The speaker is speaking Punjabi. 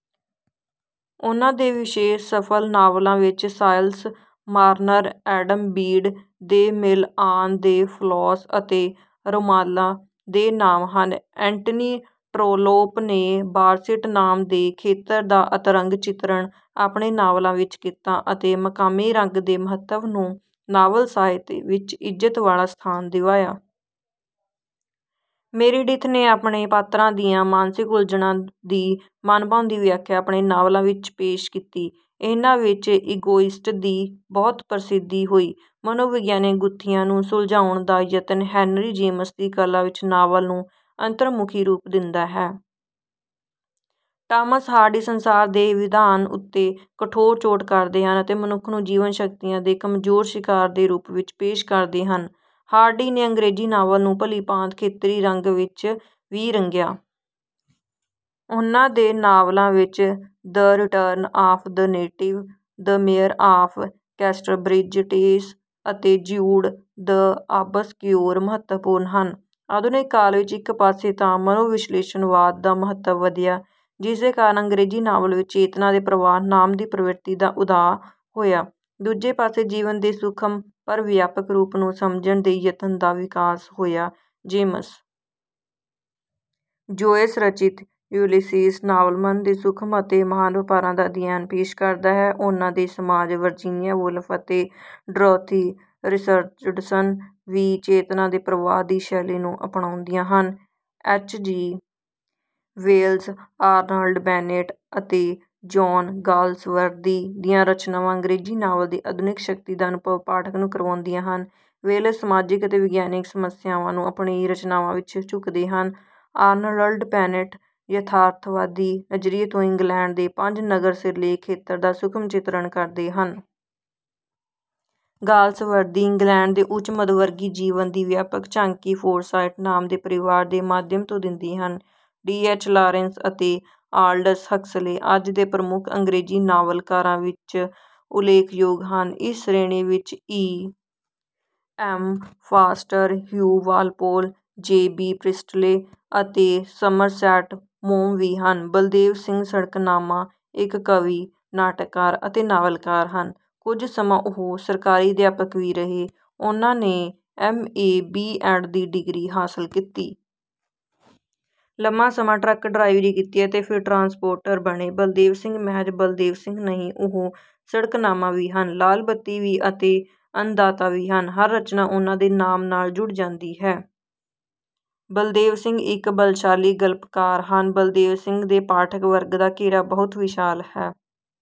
ਉਨ੍ਹਾਂ ਦੇ ਵਿਸ਼ੇਸ਼ ਸਫਲ ਨਾਵਲਾਂ ਵਿੱਚ 'Silas Marner', 'Adam Bede', 'The Mill on the Floss' ਅਤੇ 'ਰਾਮੋਲਾ' ਦੇ ਨਾਮ ਹਨ। ਐਂਟਨੀ ਟਰੌਲੌਪ ਨੇ ਬਾਰਸੇਟ ਨਾਮ ਦੇ ਖੇਤਰ ਦਾ ਅੰਤਰੰਗ ਚਿਤਰਣ ਆਪਣੇ ਨਾਵਲਾਂ ਵਿੱਚ ਕੀਤਾ ਅਤੇ ਮਕਾਮੀ ਰੰਗ ਦੇ ਮਹੱਤਵ ਨੂੰ ਨਾਵਲ ਸਾਹਿਤ ਵਿੱਚ ਇੱਜ਼ਤ ਵਾਲਾ ਸਥਾਨ ਦਿਵਾਇਆ। ਮੇਰੇਡਿਥ ਨੇ ਆਪਣੇ ਪਾਤਰਾਂ ਦੀਆਂ ਮਾਨਸਿਕ ਉਲਝਣਾਂ ਦੀ ਮਨਭਾਉਂਦੀ ਵਿਆਖਿਆ ਆਪਣੇ ਨਾਵਲਾਂ ਵਿੱਚ ਪੇਸ਼ ਕੀਤੀ। ਇਹਨਾਂ ਵਿੱਚ 'ਇਗੋਇਸਟ' ਦੀ ਬਹੁਤ ਪ੍ਰਸਿਧੀ ਹੋਈ। ਮਨੋਵਿਗਿਆਨਕ ਗੁੱਥੀਆਂ ਨੂੰ ਸੁਲਝਾਉਣ ਦਾ ਯਤਨ ਹੈਨਰੀ ਜੇਮਸ ਦੀ ਕਲਾ ਵਿੱਚ ਨਾਵਲ ਨੂੰ ਅੰਤਰਮੁਖੀ ਰੂਪ ਦਿੰਦਾ ਹੈ। ਟਾਮਸ ਹਾਰਡੀ ਸੰਸਾਰ ਦੇ ਵਿਧਾਨ ਉੱਤੇ ਕਠੋਰ ਚੋਟ ਕਰਦੇ ਹਨ ਅਤੇ ਮਨੁੱਖ ਨੂੰ ਜੀਵਨ-ਸ਼ਕਤੀਆਂ ਦੇ ਕਮਜ਼ੋਰ ਸ਼ਿਕਾਰ ਦੇ ਰੂਪ ਵਿੱਚ ਪੇਸ਼ ਕਰਦੇ ਹਨ। ਹਾਰਡੀ ਨੇ ਅੰਗਰੇਜ਼ੀ ਨਾਵਲ ਨੂੰ ਭਲੀ ਭਾਂਤ ਖੇਤਰੀ ਰੰਗ ਵਿੱਚ ਵੀ ਰੰਗਿਆ। ਉਨ੍ਹਾਂ ਦੇ ਨਾਵਲਾਂ ਵਿੱਚ 'The Return of the Native', 'The Mayor of Casterbridge', 'Tess', ਅਤੇ 'ਜਿਊਡ ਦਿ ਆਬਸਕਯੋਰ' ਮਹੱਤਵਪੂਰਨ ਹਨ। ਆਧੁਨਿਕ ਕਾਲ ਵਿੱਚ ਇੱਕ ਪਾਸੇ ਤਾਂ ਮਨੋਵਿਸ਼ਲੇਸ਼ਣਵਾਦ ਦਾ ਮਹੱਤਵ ਵਧਿਆ, ਜਿਸਦੇ ਕਾਰਨ ਅੰਗਰੇਜ਼ੀ ਨਾਵਲ ਵਿੱਚ 'ਚੇਤਨਾ ਦੇ ਪ੍ਰਵਾਹ' ਨਾਮ ਦੀ ਪ੍ਰਵਿਰਤੀ ਦਾ ਉਦਅ ਹੋਇਆ; ਦੂਜੇ ਪਾਸੇ ਜੀਵਨ ਦੇ ਸੂਖਮ ਪਰ ਵਿਆਪਕ ਰੂਪ ਨੂੰ ਸਮਝਣ ਦੇ ਯਤਨ ਦਾ ਵੀ ਵਿਕਾਸ ਹੋਇਆ। ਜੇਮਸ ਜੋਇਸ ਰਚਿਤ 'ਯੂਲਿਸੀਜ਼' ਨਾਵਲ ਮਨ ਦੇ ਸੂਖਮ ਅਤੇ ਮਹਾਨ ਵਪਾਰਾਂ ਦਾ ਅਧਿਐਨ ਪੇਸ਼ ਕਰਦਾ ਹੈ। ਉਨ੍ਹਾਂ ਦੇ ਸਮਾਨ ਵਰਜੀਨੀਆ ਵੁਲਫ਼ ਅਤੇ ਡੋਰੋਥੀ ਰਿਚਰਡਸਨ ਵੀ 'ਚੇਤਨਾ ਦੇ ਪ੍ਰਵਾਹ' ਦੀ ਸ਼ੈਲੀ ਨੂੰ ਅਪਣਾਉਂਦੀਆਂ ਹਨ। ਐੱਚ. ਜੀ. ਵੇਲਜ਼, ਆਰਨਲਡ ਬੈਨੇਟ ਅਤੇ ਜੌਨ ਗਾਲਸਵਰਦੀ ਦੀਆਂ ਰਚਨਾਵਾਂ ਅੰਗਰੇਜ਼ੀ ਨਾਵਲ ਦੀ ਆਧੁਨਿਕ ਸ਼ਕਤੀ ਦਾ ਅਨੁਭਵ ਪਾਠਕ ਨੂੰ ਕਰਵਾਉਂਦੀਆਂ ਹਨ। ਵੇਲਜ਼ ਸਮਾਜਿਕ ਅਤੇ ਵਿਗਿਆਨਕ ਸਮੱਸਿਆਵਾਂ ਨੂੰ ਆਪਣੀਆਂ ਰਚਨਾਵਾਂ ਵਿੱਚ ਚੁੱਕਦੇ ਹਨ। ਆਰਨਲਡ ਬੈਨੇਟ ਯਥਾਰਥਵਾਦੀ ਨਜ਼ਰੀਏ ਤੋਂ ਇੰਗਲੈਂਡ ਦੇ 'ਪੰਜ ਨਗਰ' ਸਿਰਲੇਖ ਖੇਤਰ ਦਾ ਸੂਖਮ ਚਿਤਰਣ ਕਰਦੇ ਹਨ। ਗਾਲਸਵਰਦੀ ਇੰਗਲੈਂਡ ਦੇ ਉੱਚ-ਮੱਧਵਰਗੀ ਜੀਵਨ ਦੀ ਵਿਆਪਕ ਝਾਂਕੀ 'ਫੋਰਸਾਇਟ' ਨਾਮ ਦੇ ਪਰਿਵਾਰ ਦੇ ਮਾਧਿਅਮ ਤੋਂ ਦਿੰਦੇ ਹਨ। ਡੀ. ਐੱਚ. ਲਾਰੈਂਸ ਅਤੇ ਆਲਡਸ ਹਕਸਲੇ ਅੱਜ ਦੇ ਪ੍ਰਮੁੱਖ ਅੰਗਰੇਜ਼ੀ ਨਾਵਲਕਾਰਾਂ ਵਿੱਚ ਉਲੇਖਯੋਗ ਹਨ। ਇਸ ਸ਼੍ਰੇਣੀ ਵਿੱਚ E. M. Forster, Hugh Walpole, J. B. Priestley ਅਤੇ ਸਮਰਸੈਟ ਮੌਮ ਵੀ ਹਨ। ਬਲਦੇਵ ਸਿੰਘ ਸੜਕਨਾਮਾ ਇੱਕ ਕਵੀ, ਨਾਟਕਕਾਰ ਅਤੇ ਨਾਵਲਕਾਰ ਹਨ। ਕੁਝ ਸਮਾਂ ਉਹ ਸਰਕਾਰੀ ਅਧਿਆਪਕ ਵੀ ਰਹੇ। ਉਨ੍ਹਾਂ ਨੇ ਐੱਮ.ਏ. ਬੀ.ਐੱਡ. ਦੀ ਡਿਗਰੀ ਹਾਸਲ ਕੀਤੀ। ਲੰਮਾ ਸਮਾਂ ਟਰੱਕ ਡਰਾਈਵਰੀ ਕੀਤੀ ਅਤੇ ਫਿਰ ਟਰਾਂਸਪੋਰਟਰ ਬਣੇ। ਬਲਦੇਵ ਸਿੰਘ ਮਹਿਜ਼ ਬਲਦੇਵ ਸਿੰਘ ਨਹੀਂ, ਉਹ 'ਸੜਕਨਾਮਾ' ਵੀ ਹਨ, 'ਲਾਲ ਬੱਤੀ' ਵੀ ਅਤੇ 'ਅੰਨਦਾਤਾ' ਵੀ ਹਨ। ਹਰ ਰਚਨਾ ਉਨ੍ਹਾਂ ਦੇ ਨਾਮ ਨਾਲ ਜੁੜ ਜਾਂਦੀ ਹੈ। ਬਲਦੇਵ ਸਿੰਘ ਇੱਕ ਬਲਸ਼ਾਲੀ ਗਲਪਕਾਰ ਹਨ। ਬਲਦੇਵ ਸਿੰਘ ਦੇ ਪਾਠਕ ਵਰਗ ਦਾ ਘੇਰਾ ਬਹੁਤ ਵਿਸ਼ਾਲ ਹੈ।